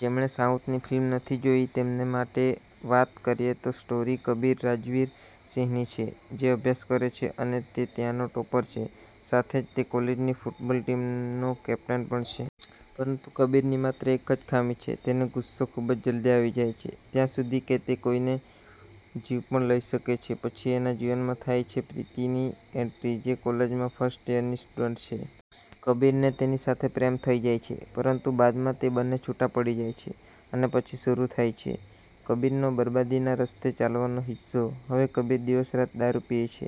જેમણે સાઉથની ફિલ્મ નથી જોઈ તેમને માટે વાત કરીએ તો સ્ટોરી કબીર રાજવીર સિંહની છે, જે અભ્યાસ કરે છે અને તે ત્યાંનો ટોપર છે, સાથે જ તે કોલેજની ફુટબોલ ટીમનો કેપ્ટન પણ છે. પરંતુ કબીરની માત્ર એક જ ખામી છે, તેને ગુસ્સો ખૂબ જ જલ્દી આવી જાય છે. ત્યાં સુધી કે તે કોઈનો જીવ પણ લઈ શકે છે. પછી એના જીવનમાં થાય છે પ્રીતિની એન્ટ્રી, જે કોલેજમાં ફર્સ્ટ યરની સ્ટુડન્ટ છે. કબીરને તેની સાથે પ્રેમ થઈ જાય છે, પરંતુ બાદમાં તે બંને છૂટા પડી જાય છે અને પછી શરૂ થાય છે, કબીરનો બરબાદીના રસ્તે ચાલવાનો કિસ્સો. હવે કબીર દિવસ-રાત દારૂ પીએ છે,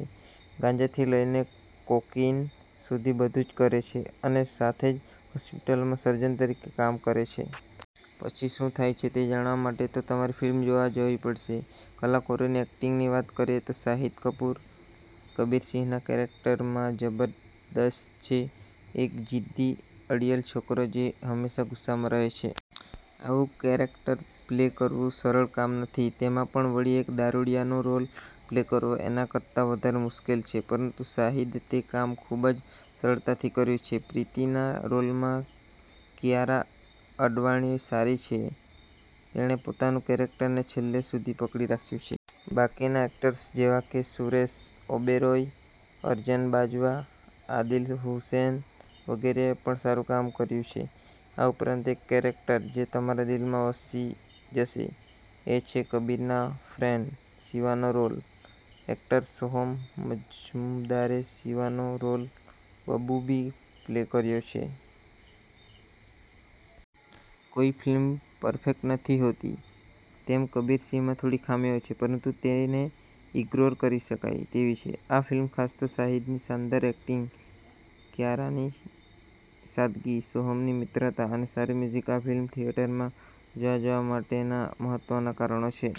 ગાંજાથી લઈને કોકેઈન સુધી બધુ જ કરે છે અને સાથે જ હોસ્પિટલમાં સર્જન તરીકે કામ પણ કરે છે. પછી શું થાય છે તે જાણવા માટે તો તમારે ફિલ્મ જોવા જવી પડશે. કલાકારોની એક્ટિંગની વાત કરીએ તો શાહિદ કપૂર, કબીર સિંહના કેરેક્ટરમાં જબરદસ્ત છે. એક જીદ્દી, અડિયલ છોકરો જે હંમેશાં ગુસ્સામાં રહે છે. આવું કેરેક્ટર પ્લે કરવું સરળ કામ નથી. તેમાં પણ વળી એક દારૂડિયાનો રોલ પ્લે કરવો એના કરતા વધારે મુશ્કેલ છે પરંતુ શાહિદે તે કામ ખૂબ જ સરળતાથી કર્યું છે. પ્રીતિના રોલમાં કિયારા અડવાણી સારી છે તેણે પોતાનું કેરેક્ટરને છેલ્લે સુધી પકડી રાખ્યું છે. બાકીના એક્ટરર્સ જેવાકે, સુરેશ ઓબેરોય, અર્જન બાજવા, આદિલ હુસેન, વગેરેએ પણ સારું કામ કર્યું છે. આ ઉપરાંત એક કેરેક્ટર જે તમારા દિલમાં વસી જશે, એ છે કબીરના ફ્રેન્ડ શિવાનો રોલ. એક્ટર સોહમ મજૂમદારે શિવાનો રોલ બખૂબી પ્લે કર્યો છે. કોઈ ફિલ્મ પરફેક્ટ નથી હોતી, તેમ કબીર સિંહમાં થોડી ખામીઓ છે પરંતુ તેને ઈગ્નોર કરી શકાય તેવી છે. આ ફિલ્મ ખાસ તો શાહિદની શાનદાર એક્ટિંગ, કિયારાની સાદગી, સોહમની મિત્રતા અને સારું મ્યુઝીક આ ફિલ્મ થિયેટરમાં જોવા જવા માટેના મહત્ત્વના કારણો છે.